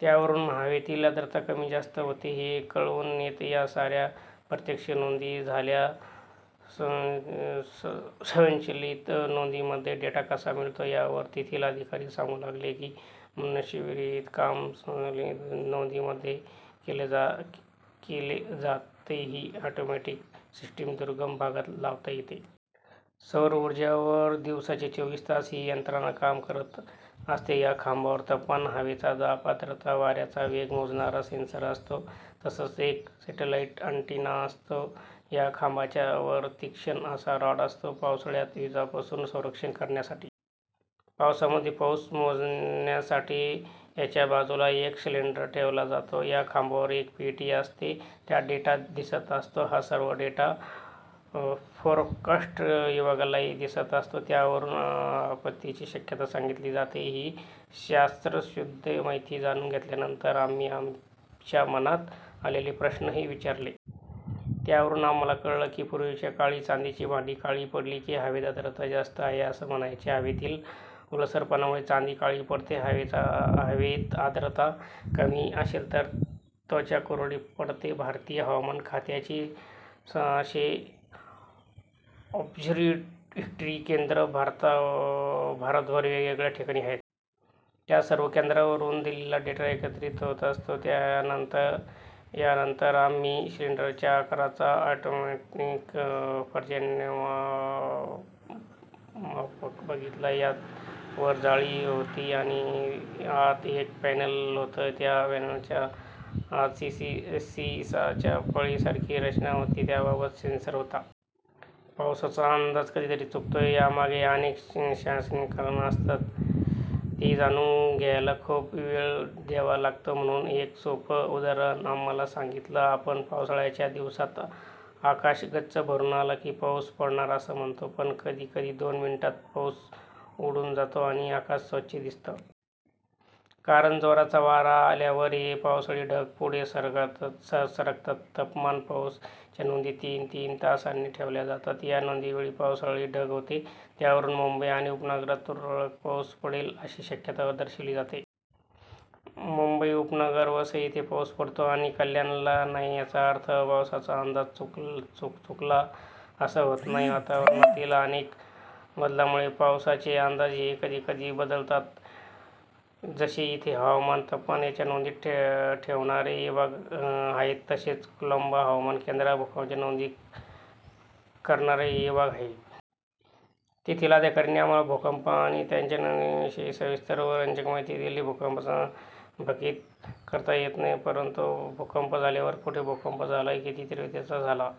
त्यावरून हवेतील आर्द्रता कमी-जास्त होते, हे कळून येतं. या साऱ्या प्रत्यक्ष नोंदी झाल्या. स्वयंचलित नोंदीमध्ये डेटा कसा मिळतो? यावर तेथील अधिकारी सांगू लागले की, मनुष्यविरहीत काम स्वयंचलित नोंदीमध्ये केलं जातं. ही ऑटोमॅटिक सिस्टीम दुर्गम भागात लावता येते. सौर ऊर्जेवर दिवसाचे चोवीस तास ही यंत्रणा काम करत असते. या खांबावर तापमान, हवेचा दाब, आर्द्रता, वाऱ्याचा वेग मोजणारा सेन्सर असतो. तसंच एक सॅटेलाइट अँटीना असतो. या खांबाच्या वर तीक्ष्ण असा रॉड असतो, पावसाळ्यात विजांपासून संरक्षण करण्यासाठी. पावसामध्ये पाऊस मोजण्यासाठी याच्या बाजूला एक सिलिंडर ठेवला जातो. या खांबावर एक पेटी असते, त्यात डेटा दिसत असतो. हा सर्व डेटा फोरकास्ट विभागालाही दिसत असतो. त्यावरून आपत्तीची शक्यता सांगितली जाते. ही शास्त्रशुद्ध माहिती जाणून घेतल्यानंतर आम्ही आमच्या मनात आलेले प्रश्नही विचारले. त्यावरून आम्हांला कळलं की, पूर्वीच्या काळी चांदीची भांडी काळी पडली की, हवेत आर्द्रता जास्त आहे असं म्हणायचे. हवेतील ओलसरपणामुळे चांदी काळी पडते. हवेत आर्द्रता कमी असेल तर त्वचा कोरडी पडते. भारतीय हवामान खात्याची सहाशे ऑब्झर्व्हेटरी केंद्रं भारतभर वेगवेगळ्या ठिकाणी आहेत. त्या सर्व केंद्रांवरून दिल्लीला डेटा एकत्रित होत असतो. यानंतर आम्ही सिलिंडरच्या आकाराचा ऑटोमॅटिक पर्जन्यमापक बघितला. यात वर जाळी होती आणि आत एक फनेल होतं. त्या फनेलच्या आत सी-सॉच्या फळीसारखी रचना होती. त्याच्यात सेन्सर होता. पावसाचा अंदाज कधीतरी चुकतो, यामागे अनेक शास्त्रीय कारणं असतात. ती जाणून घ्यायला खूप वेळ द्यावा लागतो. म्हणून एक सोपं उदाहरण आम्हांला सांगितलं. आपण पावसाळ्याच्या दिवसात आकाश गच्च भरून आलं की, पाऊस पडणार असं म्हणतो, पण कधी कधी दोन मिनिटांत पाऊस उडून जातो आणि आकाश स्वच्छ दिसतं. कारण जोराचा वारा आल्यावर हे पावसाळी ढग पुढे सरकतात. तापमान, पाऊस याच्या नोंदी तीन-तीन तासांनी ठेवल्या जातात. या नोंदीवेळी पावसाळी ढग होते; त्यावरून मुंबई आणि उपनगरात तुरळक पाऊस पडेल अशी शक्यता दर्शवली जाते. मुंबई उपनगर, वसई येथे पाऊस पडतो आणि कल्याणला नाही याचा अर्थ पावसाचा अंदाज चुकला असं होत नाही. वातावरणातील अनेक बदलांमुळे पावसाचे अंदाज हे कधी कधी बदलतात. जसे इथे हवामान, तापमान याच्या नोंदी ठेवणारे विभाग आहेत, तसेच कुलाबा हवामान केंद्रात भूकंपाच्या नोंदी करणाराही विभाग आहे. तेथील अधिकाऱ्यांनी आम्हांला भूकंप आणि त्यांच्या नोंदीविषयी सविस्तर व रंजक माहिती दिली. भूकंपाचं भाकीत करता येत नाही, परंतु भूकंप झाल्यावरच कुठे भूकंप झाला, किती तीव्रतेचा झाला,